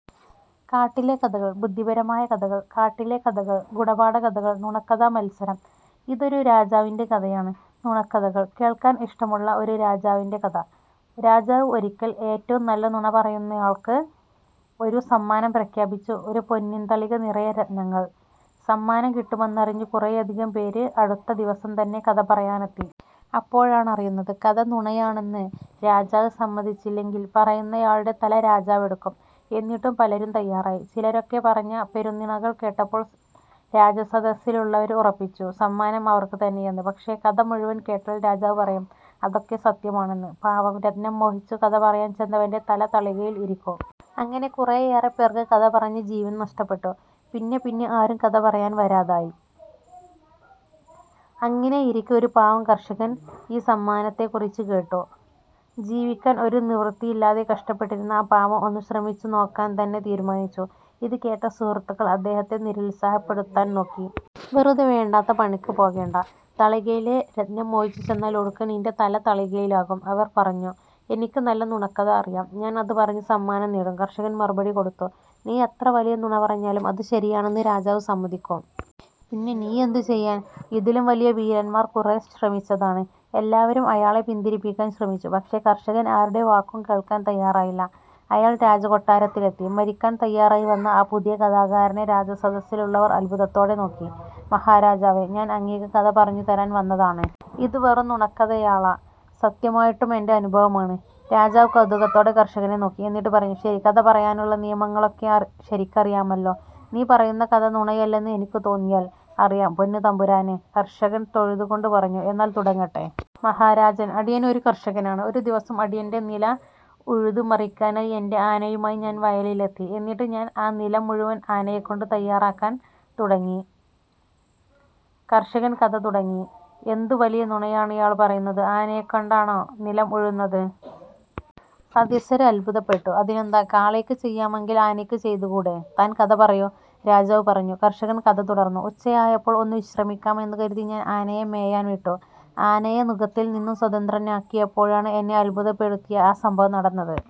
കാട്ടിലെ കഥകള് ബുദ്ധിപരമായ കഥകൾ കാട്ടിലെ കഥകള് ഗുണപാഠ കഥകള് നുണക്കഥമത്സരം ഇതൊരു രാജാവിന്റെ കഥയാണ്, നുണക്കഥകള് കേള്ക്കാന് ഇഷ്ടമുള്ള ഒരു രാജാവിന്റെ കഥ. രാജാവ് ഒരിക്കല് ഏറ്റവും നല്ല നുണ പറയുന്നയാള്ക്ക് ഒരു സമ്മാനം പ്രഖ്യാപിച്ചു ഒരു പൊന്നിന് തളിക നിറയെ രത്നങ്ങള്. സമ്മാനം കിട്ടുമെന്നറിഞ്ഞു കുറെയധികം പേര് അടുത്ത ദിവസം തന്നെ കഥ പറയാനെത്തി. അപ്പോഴാണറിയുന്നത്, കഥ നുണയാണെന്ന് രാജാവ് സമ്മതിച്ചില്ലെങ്കില് പറയുന്നയാളുടെ തല രാജാവെടുക്കും. എന്നിട്ടും പലരും തയ്യാറായി. ചിലരൊക്കെ പറഞ്ഞ പെരുംനുണകള് കേട്ടപ്പോള് രാജസദസ്സിലുള്ളവര് ഉറപ്പിച്ചു, സമ്മാനം അവര്ക്ക് തന്നെയെന്ന്. പക്ഷേ, കഥ മുഴുവന് കേട്ടാല് രാജാവ് പറയും, അതൊക്കെ സത്യമാണെന്ന്. പാവം രത്നം മോഹിച്ചു കഥ പറയാന് ചെന്നവന്റെ തല തളികയില് ഇരിക്കും. അങ്ങിനെ കുറേയേറെപ്പേര്ക്കു കഥ പറഞ്ഞ് ജീവന് നഷ്ടപ്പെട്ടു. പിന്നെ പിന്നെ ആരും കഥ പറയാന് വരാതായി. അങ്ങിനെയിരിക്കെ ഒരു പാവം കര്ഷകന് ഈ സമ്മാനത്തെക്കുറിച്ച് കേട്ടു. ജീവിക്കാന് ഒരു നിവൃത്തിയില്ലാതെ കഷ്ട്പ്പെട്ടിരുന്ന ആ പാവം ഒന്നു ശ്രമിച്ചു നോക്കാന് തന്നെ തീരുമാനിച്ചു. ഇത് കേട്ട സുഹൃത്തുക്കള് അദ്ദേഹത്തെ നിരുത്സാഹപ്പെടുത്താന് നോക്കി. "വെറുതെ വേണ്ടാത്ത പനിക്ക് പോകേണ്ട. തളികയിലെ രത്നം മോഹിച്ചു ചെന്നാല് ഒടുക്കം നിന്റെ തല തളികയിലാകും" അവര് പറഞ്ഞു. "എനിക്കു നല്ല നുണക്കഥ അറിയാം. ഞാന് അത് പറഞ്ഞു സമ്മാനം നേടും" കര്ഷകന് മറുപടി കൊടുത്തു. "നീ എത്ര വലിയ നുണ പറഞ്ഞാലും അത് ശരിയാണെന്ന് രാജാവ് സമ്മ്തിക്കും. പിന്നെ നീ എന്തു ചെയ്യാന്? ഇതിലും വലിയ വീരന്മാര് കുറെ ശ്രമിച്ചതാണ്". എല്ലാവരും അയാളെ പിന്തിരിപ്പിക്കാന് ശ്രമിച്ചു. പക്ഷേ, കര്ഷകന് ആരുടെ വാക്കും കേള്ക്കാന് തയ്യാറായില്ല. അയാള് രാജകൊട്ടാരത്തിലെത്തി. മരിക്കാന് തയ്യാറായി വന്ന ആ പുതിയ കഥാകാരനെ രാജസദസ്സിലുള്ളവര് അത്ഭുതത്തോടെ നോക്കി. "മഹാരാജാവേ.. ഞാന് അങ്ങേക്ക് കഥ പറഞ്ഞു തരാന് വന്നതാണ്. ഇതും വെറും നുണക്കഥയാള. സത്യമായിട്ടും എന്റെ അനുഭവമാണ്. " രാജാവ് കൌതുകത്തോടെ കര്ഷകനെ നോക്കി. എന്നിട്ട് പറഞ്ഞു: "ശരി. കഥ പറയാനുള്ള നിയമങ്ങളൊക്കെ ശരിക്കറിയാമല്ലോ. നീ പറയുന്ന കഥ നുണയല്ലെന്ന് എനിക്കു തോന്നിയാല്... " "അറിയാം, പൊന്നുതമ്പുരാനെ... " കര്ഷകന് തൊഴുതു കൊണ്ട് പറഞ്ഞു. "എന്നാല് തുടങ്ങട്ടെ! " "മഹാരാജന്, അടിയന് ഒരു കര്ഷകനാണ്. ഒരു ദിവസം അടിയന്റെ നില ഉഴുതു മറിക്കാനായി എന്റെ ആനയുമായി ഞാന് വയലിലെത്തി. എന്നിട്ട് ഞാന് ആ നിലം മുഴുവന് ആനയെകൊണ്ട് തയ്യാറാക്കാന് തുടങ്ങി. " കര്ഷകന് കഥ തുടങ്ങി. "എന്തു വലിയ നുണയാണിയാള് പറയുന്നത്? ആനയെക്കൊണ്ടാണോ നിലം ഉഴുന്നത്?: സദസ്യര് അത്ഭുതപ്പെട്ടു. "അതിനെന്താ. കാളയ്ക്ക് ചെയ്യാമെങ്കില് ആനയ്ക്ക് ചെയ്തു കൂടെ? താന് കഥ പറയൂ. " രാജാവ് പറഞ്ഞു. കര്ഷകന് കഥ തുടര്ന്നു: "ഉച്ചയായപ്പോള് ഒന്നു വിശ്രമിക്കാമെന്ന് കരുതി ഞാന് ആനയെ മേയാന് വിട്ടു. ആനയെ നുകത്തില് നിന്നും സ്വതന്ത്രനാക്കിയപ്പോഴാണ് എന്നെ അത്ഭുതപ്പെടുത്തിയ ആ സംഭവം നടന്നത്.